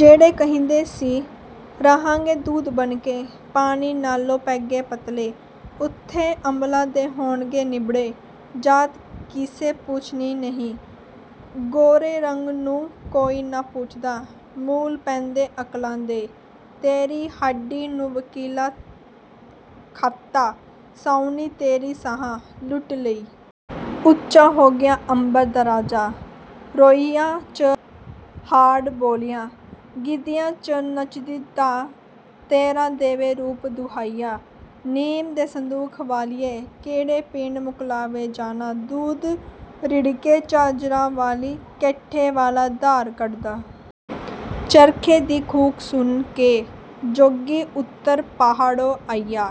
ਜਿਹੜੇ ਕਹਿੰਦੇ ਸੀ ਰਹਾਂਗੇ ਦੁੱਧ ਬਣ ਕੇ, ਪਾਣੀ ਨਾਲੋਂ ਪੈਗੇ ਪਤਲੇ। ਉੱਥੇ ਅਮਲਾਂ ਦੇ ਹੋਣਗੇ ਨਿਬੇੜੇ, ਜਾਤ ਕਿਸੇ ਪੁੱਛਣੀ ਨਹੀਂ। ਗੋਰੇ ਰੰਗ ਨੂੰ ਕੋਈ ਨਾ ਪੁੱਛਦਾ, ਮੁੱਲ ਪੈਂਦੇ ਅਕਲਾਂ ਦੇ। ਤੇਰੀ ਹਾੜ੍ਹੀ ਨੂੰ ਵਕੀਲਾਂ ਖਾਧਾ, ਸਾਉਣੀ ਤੇਰੀ ਸ਼ਾਹਾਂ ਲੁੱਟ ਲਈ। ਉੱਚਾ ਹੋ ਗਿਆ ਅੰਬਰ ਦਾ ਰਾਜਾ, ਰੋਹੀਆਂ 'ਚ ਹਾਅੜ ਬੋਲਿਆ। ਗਿੱਧਿਆਂ 'ਚ ਨੱਚਦੀ ਦਾ, ਤੇਰਾ ਦੇਵੇ ਰੂਪ ਦੁਹਾਈਆਂ। ਨਿੰਮ ਦੇ ਸੰਦੂਖ ਵਾਲੀਏ, ਕਿਹੜੇ ਪਿੰਡ ਮੁਕਲਾਵੇ ਜਾਣਾ? ਦੁੱਧ ਰਿੜਕੇ ਝਾਂਜਰਾਂ ਵਾਲੀ, ਕੈਂਠੇ ਵਾਲਾ ਧਾਰ ਕੱਢਦਾ। ਚਰਖੇ ਦੀ ਘੂਕ ਸੁਣ ਕੇ, ਜੋਗੀ ਉੱਤਰ ਪਹਾੜੋਂ ਆਇਆ।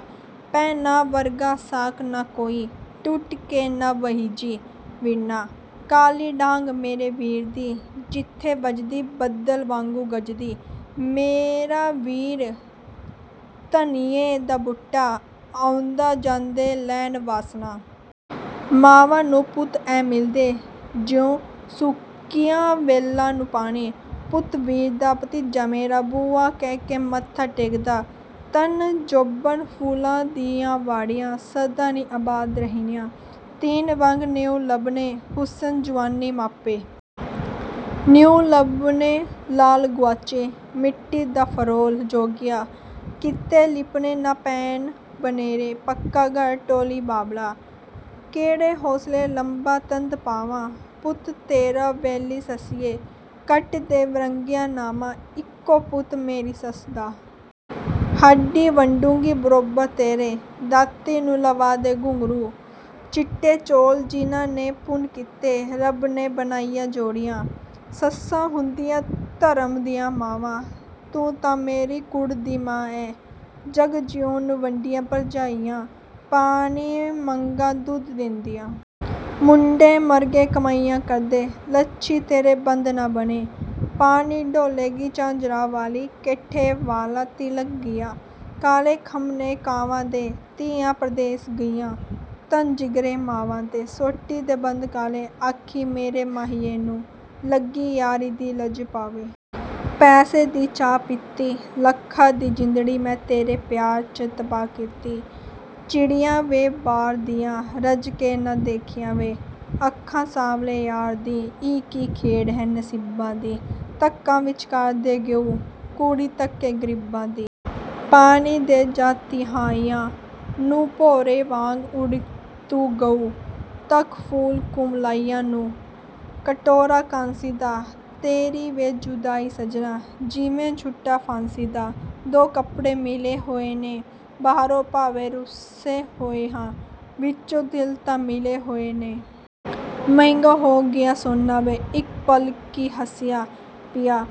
ਭੈਣਾਂ ਵਰਗਾ ਸਾਕ ਨਾ ਕੋਈ, ਟੁੱਟ ਕੇ ਨਾ ਬਹਿਜੀਂ ਵੀਰਨਾ। ਕਾਲੀ ਡਾਂਗ ਮੇਰੇ ਵੀਰ ਦੀ, ਜਿੱਥੇ ਵੱਜਦੀ ਬੱਦਲ ਵਾਂਗੂੰ ਗੱਜਦੀ। ਮੇਰਾ ਵੀਰ ਧਣੀਏ ਦਾ ਬੂਟਾ, ਆਉਂਦੇ ਜਾਂਦੇ ਲੈਣ ਵਾਸ਼ਨਾ। ਮਾਂਵਾਂ ਨੂੰ ਪੁੱਤ ਐਂ ਮਿਲਦੇ, ਜਿਉਂ ਸੁੱਕੀਆਂ ਵੇਲਾਂ ਨੂੰ ਪਾਣੀ। ਪੁੱਤ ਵੀਰ ਦਾ, ਭਤੀਜਾ ਮੇਰਾ, ਭੂਆ ਕਹਿ ਕੇ ਮੱਥਾ ਟੇਕਦਾ। ਧਨ, ਜੋਬਨ, ਫੁੱਲਾਂ ਦੀਆਂ ਵਾੜੀਆਂ, ਸਦਾ ਨਹੀਂ ਅਬਾਦ ਰਹਿਣੀਆਂ। ਤਿੰਨ ਰੰਗ ਨਹੀਂਉਂ ਲੱਭਣੇ—ਹੁਸਨ, ਜੁਆਨੀ, ਮਾਪੇ। ਨਹੀਂਉਂ ਲੱਭਣੇ ਲਾਲ ਗੁਆਚੇ, ਮਿੱਟੀ ਨਾ ਫਰੋਲ ਜੋਗੀਆ। ਕਿਤੇ ਲਿੱਪਣੇ ਨਾ ਪੈਣ ਬਨੇਰੇ, ਪੱਕਾ-ਘਰ ਟੋਲੀਂ ਬਾਬਲਾ। ਕਿਹੜੇ ਹੌਸਲੇ ਲੰਬਾ ਤੰਦ ਪਾਵਾਂ, ਪੁੱਤ ਤੇਰਾ ਵੈਲੀ ਸੱਸੀਏ। ਕੱਟ ਦੇ ਫਰੰਗੀਆਂ ਨਾਮਾ, ਇੱਕੋ ਪੁੱਤ ਮੇਰੀ ਸੱਸ ਦਾ। ਹਾੜ੍ਹੀ ਵਢੂੰਗੀ ਬਰੋਬਰ ਤੇਰੇ, ਦਾਤੀ ਨੂੰ ਲਵਾ ਦੇ ਘੁੰਗਰੂ। ਚਿੱਟੇ ਚੌਲ, ਜਿਨ੍ਹਾਂ ਨੇ ਪੁੰਨ ਕੀਤੇ, ਰੱਬ ਨੇ ਬਣਾਈਆਂ ਜੋੜੀਆਂ। ਸੱਸਾਂ ਹੁੰਦੀਆਂ ਧਰਮ ਦੀਆਂ ਮਾਵਾਂ, ਤੂੰ ਤਾਂ ਮੇਰੀ ਕੂੜ ਦੀ ਮਾਂ ਏਂ। ਜੱਗ ਜੀਉਣ ਵੱਡੀਆਂ ਭਰਜਾਈਆਂ, ਪਾਣੀ ਮੰਗਾਂ ਦੁੱਧ ਦੇਂਦੀਆਂ। ਮੁੰਡੇ ਮਰਗੇ ਕਮਾਈਆਂ ਕਰਦੇ, ਲੱਛੀ ਤੇਰੇ ਬੰਦ ਨਾ ਬਣੇ। ਪਾਣੀ ਡੋਲ੍ਹਗੀ ਝਾਂਜਰਾਂ ਵਾਲੀ, ਕੈਂਠੇ ਵਾਲਾ ਤਿਲ੍ਹਕ ਗਿਆ। ਕਾਲੇ ਖੰਭ ਨੇ ਕਾਵਾਂ ਦੇ, ਧੀਆਂ ਪ੍ਰਦੇਸ ਗਈਆਂ, ਧੰਨ ਜਿਗਰੇ ਮਾਵਾਂ ਦੇ। ਸੋਟੀ ਦੇ ਬੰਦ ਕਾਲੇ, ਆਖੀਂ ਮੇਰੇ ਮਾਹੀਏ ਨੂੰ, ਲੱਗੀ ਯਾਰੀ ਦੀ ਲੱਜ ਪਾਲੇ। ਪੈਸੇ ਦੀ ਚਾਹ ਪੀਤੀ, ਲੱਖਾਂ ਦੀ ਜਿੰਦੜੀ ਮੈਂ ਤੇਰੇ ਪਿਆਰ 'ਚ ਤਬਾਹ ਕੀਤੀ। ਚਿੜੀਆਂ ਵੇ ਬਾਰ ਦੀਆਂ, ਰੱਜ ਕੇ ਨਾ ਦੇਖੀਆਂ ਵੇ, ਅੱਖਾਂ ਸਾਂਵਲੇ ਯਾਰ ਦੀਆਂ। ਇਹ ਕੀ ਖੇਡ ਹੈ ਨਸੀਬਾਂ ਦੀ, ਧੱਕਾ ਵਿਚਕਾਰ ਦੇ ਗਿਉਂ, ਕੁੜੀ ਤੱਕ ਕੇ ਗ਼ਰੀਬਾਂ ਦੀ। ਪਾਣੀ ਦੇ ਜਾ ਤਿਹਾਇਆਂ ਨੂੰ, ਭੌਰੇ ਵਾਂਗ ਉੱਡ ਤੂੰ ਗਿਉਂ, ਤੱਕ ਫੁੱਲ ਕੁਮਲਾਇਆਂ ਨੂੰ। ਕਟੋਰਾ ਕਾਂਸੀ ਦਾ, ਤੇਰੀ ਵੇ ਜੁਦਾਈ ਸੱਜਣਾ, ਜਿਵੇਂ ਝੂਟਾ ਫਾਂਸੀ ਦਾ। ਦੋ ਕਪੜੇ ਸਿਲੇ ਹੋਏ ਨੇ, ਬਾਹਰੋਂ ਭਾਵੇਂ ਰੁੱਸੇ ਹੋਏ ਹਾਂ, ਵਿਚੋਂ ਦਿਲ ਤਾਂ ਮਿਲੇ ਹੋਏ ਨੇ। ਮਹਿੰਗਾ ਹੋ ਗਿਆ ਸੋਨਾ ਵੇ, ਇਕ ਪਲ ਕੀ ਹੱਸਿਆ, ਪਿਆ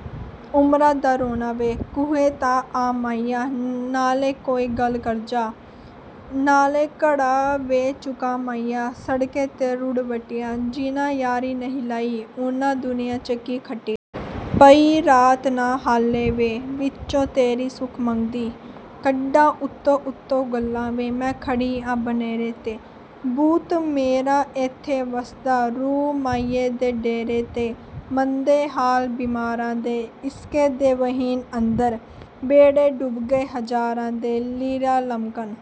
ਉਮਰਾਂ ਦਾ ਰੋਣਾ ਵੇ। ਖੂਹੇ ਤੇ ਆ ਮਾਹੀਆ, ਨਾਲੇ ਕੋਈ ਗੱਲ ਕਰ ਜਾ, ਨਾਲੇ ਘੜਾ ਵੇ ਚੁਕਾ ਮਾਹੀਆ। ਸੜਕੇ ਤੇ ਰੁੜ੍ਹ ਵੱਟਿਆ, ਜਿਨ੍ਹਾਂ ਯਾਰੀ ਨਹੀਂ ਲਾਈ, ਉਨ੍ਹਾਂ ਦੁਨੀਆਂ 'ਚ ਕੀ ਖੱਟਿਆ? ਪਈ ਰਾਤ ਨਾ ਹਾਲਾਂ ਵੇ, ਵਿੱਚੋਂ ਤੇਰੀ ਸੁਖ ਮੰਗਦੀ, ਕੱਢਾਂ ਉਤੋਂ-ਉਤੋਂ ਗਾਲਾਂ ਵੇ। ਮੈਂ ਖੜੀ ਆਂ ਬਨੇਰੇ 'ਤੇ, ਬੁੱਤ ਮੇਰਾ ਏਥੇ ਵਸਦਾ, ਰੂਹ ਮਾਹੀਏ ਦੇ ਡੇਰੇ 'ਤੇ। ਮੰਦੇ ਹਾਲ ਬੀਮਾਰਾਂ ਦੇ, ਇਸ਼ਕੇ ਦੇ ਵਹਿਣ ਅੰਦਰ, ਬੇੜੇ ਡੁੱਬ ਗਏ ਹਜ਼ਾਰਾਂ ਦੇ। ਲੀਰਾਂ ਲਮਕਣ।